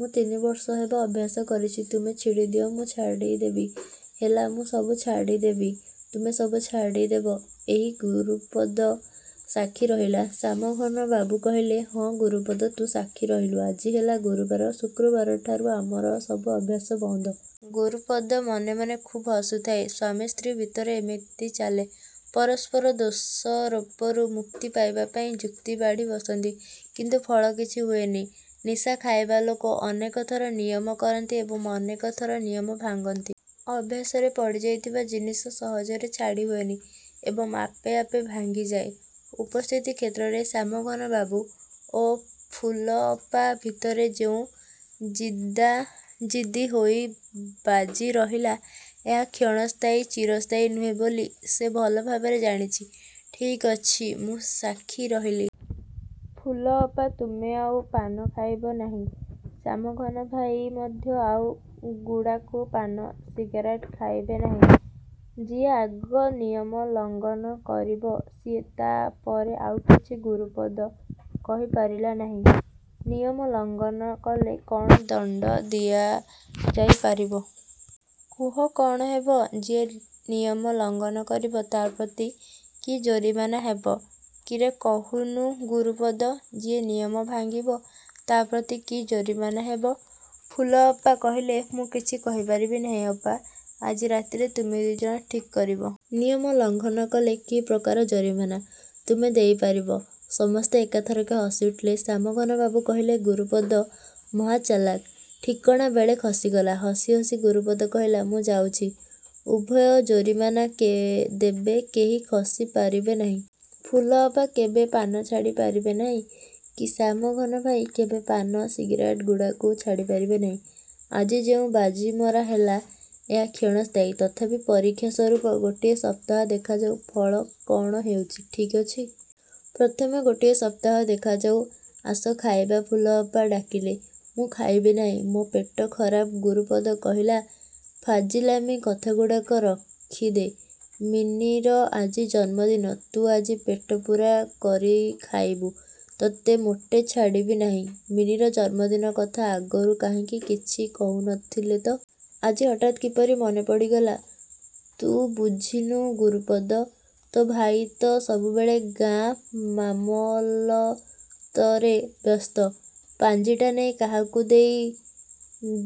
ମୁଁ ତିନି ବର୍ଷ ହେବ ଅଭ୍ୟାସ କରିଛି। ତୁମେ ଛିଡ଼ିଦିଅ, ମୁଁ ଛାଡ଼ିଦେବି। ହେଲା ମୁଁ ସବୁ ଛାଡ଼ିଦେବି। ତୁମେ ସବୁ ଛାଡ଼ିଦେବ? ଏହି ଗୁରୁପଦ ସାକ୍ଷୀ ରହିଲା, ଶ୍ୟାମଘନବାବୁ କହିଲେ। ହଁ ଗୁରୁପଦ ତୁ ସାକ୍ଷୀ ରହିଲୁ। ଆଜି ହେଲା ଗୁରୁବାର, ଶୁକ୍ରବାରଠାରୁ ଆମର ସବୁ ଅଭ୍ୟାସ ବନ୍ଦ। ଗୁରୁପଦ ମନେ ମନେ ଖୁବ୍ ହସୁଥାଏ। ସ୍ୱାମୀ ସ୍ତ୍ରୀ ଭିତରେ ଏମିତି ଚାଲେ। ପରସ୍ପର ଦୋଷାରୋପରୁ ମୁକ୍ତି ପାଇବା ପାଇଁ ଯୁକ୍ତି ବାଢ଼ି ବସନ୍ତି। କିନ୍ତୁ ଫଳ କିଛି ହୁଏନି। ନିଶା ଖାଇବା ଲୋକ ଅନେକ ଥର ନିୟମ କରନ୍ତି ଏବଂ ଅନେକ ଥର ନିୟମ ଭାଙ୍ଗନ୍ତି। ଅଭ୍ୟାସରେ ପଡ଼ିଯାଇଥିବା ଜିନିଷ ସହଜରେ ଛାଡ଼ି ହୁଏନି ଏବଂ ଆପେ ଆପେ ଭାଙ୍ଗିଯାଏ। ଉପସ୍ଥିତ କ୍ଷେତ୍ରରେ ଶ୍ୟାମଘନବାବୁ ଓ ଫୁଲଅପା ଭିତରେ ଯେଉଁ ଜିଦା ଜିଦି ହୋଇ ବାଜି ରହିଲା, ଏହା କ୍ଷଣସ୍ଥାୟୀ, ଚିରସ୍ଥାୟୀ ନୁହେଁ ବୋଲି ସେ ଭଲ ଭାବରେ ଜାଣିଛି। ଠିକ୍ ଅଛି ମୁଁ ସାକ୍ଷୀ ରହିଲି। ଫୁଲଅପା ତୁମେ ଆଉ ପାନ ଖାଇବ ନାହିଁ। ଶ୍ୟାମଘନ ଭାଇ ମଧ୍ୟ ଆଉ ଗୁଡ଼ାଖୁ, ପାନ, ସିଗାରେଟ ଖାଇବେ ନାହିଁ। ଯିଏ ଆଗ ନିୟମ ଲଙ୍ଗନ କରିବ ସିଏ ତା' ପରେ ଆଉ କିଛି ଗୁରୁପଦ କହିପାରିଲା ନାହିଁ। ନିୟମ ଲଙ୍ଘନ କଲେ କ'ଣ ଦଣ୍ଡ ଦିଆ ଯାଇ ପାରିବ। କୁହ କ'ଣ ହେବ? ଯିଏ ନିୟମ ଲଙ୍ଘନ କରିବ ତା' ପ୍ରତି କି ଜୋରିମାନା ହେବ? କିରେ କହୁନୁ ଗୁରୁପଦ। ଯିଏ ନିୟମ ଭାଙ୍ଗିବ ତା' ପ୍ରତି କି ଜୋରିମାନା ହେବ? ଫୁଲଅପା କହିଲେ। ମୁଁ କିଛି କହିପାରିବି ନାହିଁ ଅପା। ଆଜି ରାତିରେ ତୁମେ ଦୁଇଜଣ ଠିକ୍ କରିବ। ନିୟମ ଲଙ୍ଘନ କଲେ କି ପ୍ରକାର ଜୋରିମାନା ତୁମେ ଦେଇ ପାରିବ। ସମସ୍ତେ ଏକା ଥରକେ ହସି ଉଠିଲେ। ଶ୍ୟାମଘନବାବୁ କହିଲେ ଗୁରୁପଦ ମହା ଚାଲାଖ। ଠିକଣା ବେଳେ ଖସିଗଲା। ହସି ହସି ଗୁରୁପଦ କହିଲା ମୁଁ ଯାଉଛି। ଉଭୟ ଜୋରିମାନା ଦେବେ କେହି ଖସି ପାରିବେ ନାହିଁ। ଫୁଲଅପା କେବେ ପାନ ଛାଡ଼ି ପାରିବେ ନାହିଁ, କି ଶ୍ୟାମଘନ ଭାଇ କେବେ ପାନ, ସିଗାରେଟ୍ ଗୁଡ଼ାଖୁ ଛାଡ଼ି ପାରିବେ ନାହିଁ। ଆଜି ଯେଉଁ ବାଜି ମରା ହେଲା ଏହା କ୍ଷଣସ୍ଥାୟୀ। ତଥାପି ପରୀକ୍ଷା ସ୍ୱରୂପ ଗୋଟିଏ ସପ୍ତାହ ଦେଖାଯାଉ ଫଳ କ'ଣ ହେଉଛି। ଠିକ୍ ଅଛି। ପ୍ରଥମେ ଗୋଟିଏ ସପ୍ତାହ ଦେଖାଯାଉ, ଆସ ଖାଇବ, ଫୁଲଅପା ଡାକିଲେ। ମୁଁ ଖାଇବି ନାହିଁ। ମୋ ପେଟ୍ ଖରାପ, ଗୁରୁପଦ କହିଲା। ଫାଜିଲାମି କଥାଗୁଡ଼ାକ ରଖିଦେ। ମିନିର ଆଜି ଜନ୍ମଦିନ ତୁ ଆଜି ପେଟ ପୂରା କରି ଖାଇବୁ। ତୋତେ ମୋଟେ ଛାଡ଼ିବି ନାହିଁ। ମିନିର ଜନ୍ମଦିନ କଥା ଆଗରୁ କାହିଁକି କିଛି କହୁ ନ ଥିଲ ତ? ଆଜି ହଠାତ୍ କିପରି ମନେ ପଡ଼ିଗଲା। ତୁ ବୁଝିନୁ ଗୁରୁପଦ! ତୋ ଭାଇ ତ ସବୁବେଳେ ଗାଁ ମାମଲତରେ ବ୍ୟସ୍ତ। ପାଞ୍ଜିଟା ନେଇ କାହାକୁ ଦେଇ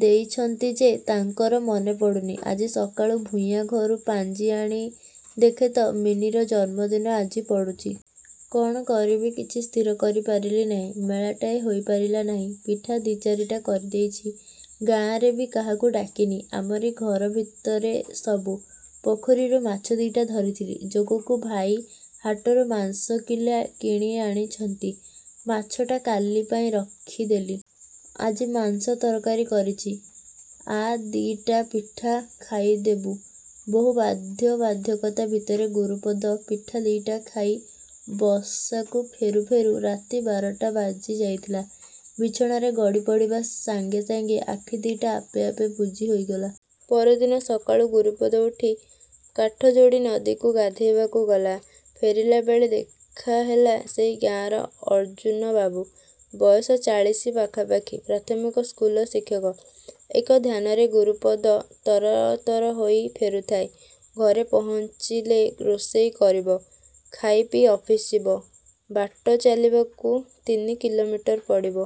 ଦେଇଛନ୍ତି ଯେ, ତାଙ୍କର ମନେ ପଡ଼ୁନି। ଆଜି ସକାଳୁ ଭୂୟାଁ ଘରୁ ପାଞ୍ଜି ଆଣି ଦେଖେ ତ ମିନିର ଜନ୍ମଦିନ ଆଜି ପଡ଼ୁଛି। କ'ଣ କରିବି କିଛି ସ୍ଥିର କରିପାରିଲି ନାହିଁ। ମେଳାଟାଏ ହୋଇପାରିଲା ନାହିଁ। ପିଠା ଦି'ଚାରିଟା କରି ଦେଇଛି। ଗାଁରେ ବି କାହାକୁ ଡାକିନି। ଆମରି ଘର ଭିତରେ ସବୁ। ପୋଖରୀରୁ ମାଛ ଦି'ଟା ଧରିଥିଲି। ଯୋଗକୁ ଭାଇ ହାଟରୁ ମାଂସ କିଲେ କିଣି ଆଣିଛନ୍ତି। ମାଛଟା କାଲି ପାଇଁ ରଖିଦେଲି। ଆଜି ମାଂସ ତରକାରୀ କରିଛି। ଆ ଦି'ଟା ପିଠା ଖାଇଦେବୁ। ବହୁ ବାଧ୍ୟ ବାଧ୍ୟକତା ଭିତରେ ଗୁରୁପଦ ପିଠା ଦି'ଟା ଖାଇ ବସାକୁ ଫେରୁ ଫେରୁ ରାତି ବାରଟା ବାଜି ଯାଇଥିଲା। ବିଛଣାରେ ଗଡ଼ି ପଡ଼ିବା ସାଙ୍ଗେ ସାଙ୍ଗେ ଆଖି ଦି'ଟା ଆପେ ଆପେ ବୁଜି ହୋଇଗଲା। ପରଦିନ ସକାଳୁ ଗୁରୁପଦ ଉଠି କାଠଯୋଡ଼ି ନଦୀକୁ ଗାଧୋଇବାକୁ ଗଲା। ଫେରିଲାବେଳେ ଦେଖାହେଲା ସେହି ଗାଁର ଅର୍ଜ୍ଜୁନବାବୁ। ବୟସ ଚାଳିଶ ପାଖାପାଖି। ପ୍ରାଥମିକ ସ୍କୁଲର ଶିକ୍ଷକ। ଏକ ଧ୍ୟାନରେ ଗୁରୁପଦ ତର ତର ହୋଇ ଫେରୁଥାଏ। ଘରେ ପହଞ୍ଚିଲେ ରୋଷେଇ କରିବ। ଖାଇ ପିଇ ଅଫିସ ଯିବ। ବାଟ ଚାଲିବାକୁ ତିନି କିଲୋମିଟର ପଡ଼ିବ।